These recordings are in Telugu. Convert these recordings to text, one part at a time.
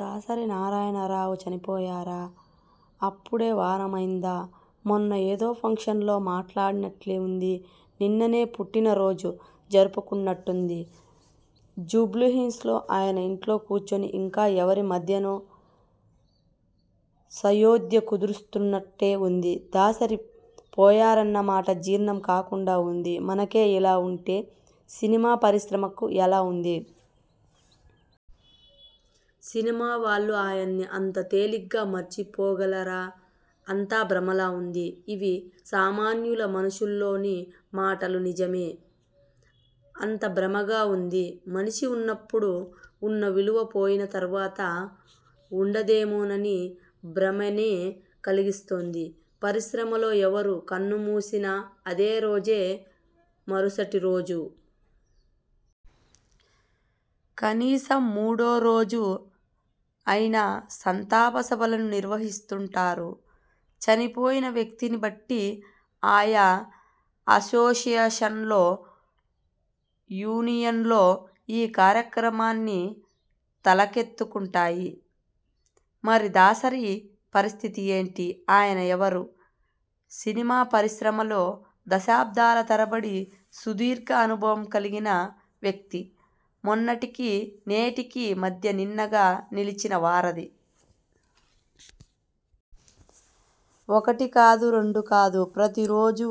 దాసరి నారాయణరావు చనిపోయారా? అప్పుడే వారమైందా? మొన్న ఏదో ఫంక్షన్ లో మాట్లాడినట్టే ఉంది. నిన్ననే పుట్టినరోజు జరుపుకున్నట్టుంది. జూబ్లీహిల్స్ లో ఆయన ఇంట్లో కూర్చుని ఇంకా ఎవరి మధ్యనే సయోధ్య కుదురుస్తున్నట్టే ఉంది. దాసరి పోయారన్నమాట జీర్ణం కాకుండా ఉంది మనకే ఇలా ఉంటే సినిమా పరిశ్రమకు ఎలా ఉంది? సినిమా వాళ్లు ఆయన్ని అంత తేలిగ్గా మర్చిపోగలరా అంతా భ్రమలా ఉంది ఇవి సామాన్యుల మనసుల్లోని మాటలు. నిజమే.. అంతా భ్రమగా ఉంది. మనిషి ఉన్నప్పుడు ఉన్న విలువ పోయిన తర్వాత ఉండదేమోనని భ్రమనే కలిగిస్తోంది. పరిశ్రమలో ఎవరు కన్నుమూసినా అదే రోజే, మరుసటి రోజు.. కనీసం మూడో రోజో అయినా సంతాప సభలను నిర్వహిస్తుంటారు. చనిపోయిన వ్యక్తిని బట్టి ఆయా అసోసియేషన్లో, యూనియన్లో ఈ కార్యక్రమాన్ని తలకెత్తుకుంటాయి. మరి దాసరి పరిస్థితి ఏంటి? ఆయన ఎవరు? సినిమా పరిశ్రమలో దశాబ్దాల తరబడి సుదీర్ఘ అనుభవం కలిగిన వ్యక్తి. మొన్నటికి, నేటికీ మధ్య నిన్నగా నిలిచిన వారధి. ఒకటి కాదు, రెండు కాదు.. ప్రతి రోజూ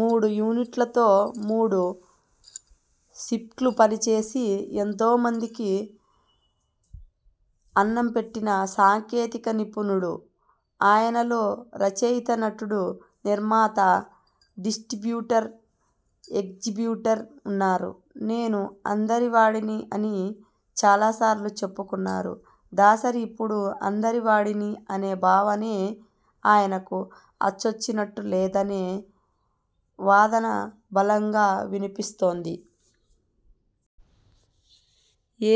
మూడు యూనిట్లతో మూడు షిఫ్ట్లు పనిచేసి ఎంతో మందికి అన్నం పెట్టిన సాంకేతిక నిపుణుడు. ఆయనలో రచయిత.. నటుడు.. నిర్మాత, డిస్ర్టిబ్యూటర్, ఎగ్జిబిటర్ ఉన్నారు. 'నేను అందరివాడిని' అని చాలా సార్లు చెప్పుకున్నారు దాసరి. ఇప్పుడు అందరివాడిని అనే భావనే ఆయనకు అచ్చొచ్చినట్టు లేదనే వాదన బలంగా వినిపిస్తోంది.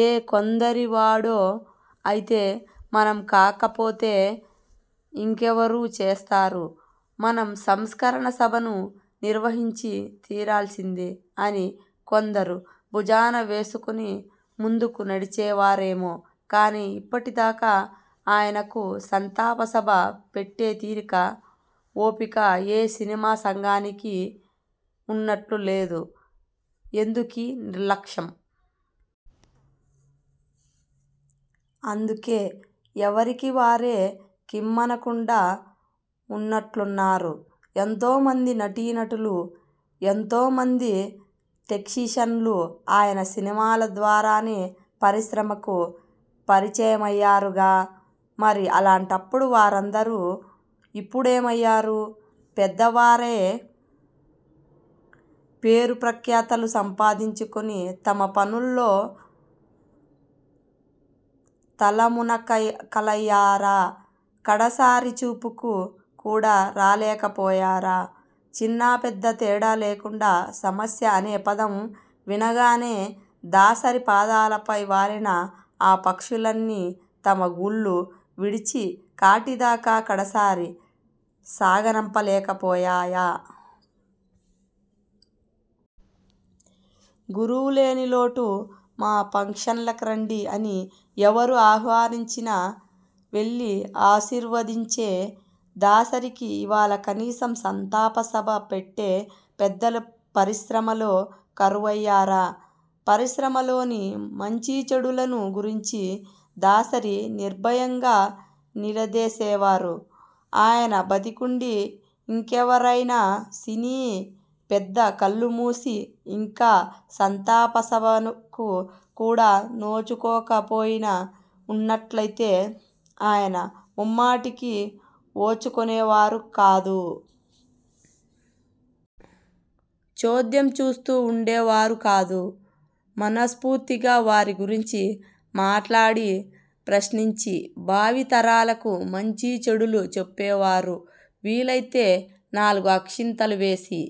ఏ కొందరివాడో అయితే 'మనం కాకపోతే ఇంకెవరు చేస్తారు.. మనం సంస్మరణ సభను నిర్వహించి తీరాల్సిందే' అని ఆ కొందరూ భుజాన వేసుకుని ముందుకు నడిచేవారేమో కానీ ఇప్పటిదాకా ఆయనకు సంతాప సభ పెట్టే తీరిక, ఓపిక ఏ సినిమా సంఘానికి ఉన్నట్లు లేదు. ఎందుకీ నిర్లక్ష్యం? అందుకే ఎవరికి వారే కిమ్మనకుండా ఉన్నట్లున్నారు. ఎంతో మంది నటీనటులు, ఎంతో మంది టెక్సిషన్లు ఆయన సినిమాల ద్వారానే పరిశ్రమకు పరిచయమయ్యారుగా.. మరి అలాంటప్పుడు వారందరూ ఇప్పుడేమయ్యారు. పెద్దవారె, పేరు ప్రఖ్యాతులు సంపాదించుకుని తమ పనుల్లో తలమునకలయ్యారా? కడసారి చూపుకు కూడా రాలేకపోయారా?.. చిన్నా, పెద్ద తేడా లేకుండా 'సమస్య' అనే పదం వినగానే దాసరి పాదాలపై వాలిన ఆ పక్షులన్నీ తమ గూళ్లు విడిచి కాటిదాకా కడసారి సాగనంపలేకపోయాయా? 'గురువు' లేని లోటు'మా ఫంక్షన్లకి రండి' అని ఎవరు ఆహ్వానించినా వెళ్లి ఆశీర్వదించే దాసరికి ఇవాళ కనీసం సంతాప సభ పెట్టే పెద్దలు పరిశ్రమలో కరవయ్యారు. పరిశ్రమలోని మంచీచెడులను గురించి దాసరి నిర్భయంగా నిలదేసేవారు. ఆయన బతికుండీ ఇంకెవరైనా సినీ పెద్ద కళ్లుమూసి ఇంకా సంతాపసభకు కూడా నోచుకోకపోయినా ఉన్నట్లయితే ఆయన ముమ్మాటికీ ఓర్చుకునేవారు కాదు.. చోద్యం చూస్తూ ఉండేవారు కాదు. మనస్ఫూర్తిగా వారి గురించి మాట్లాడి, ప్రశంసించి.. భావి తరాలకు మంచీ చెడులు చెప్పేవారు. వీలైతే నాలుగు అక్షింతలు వేసి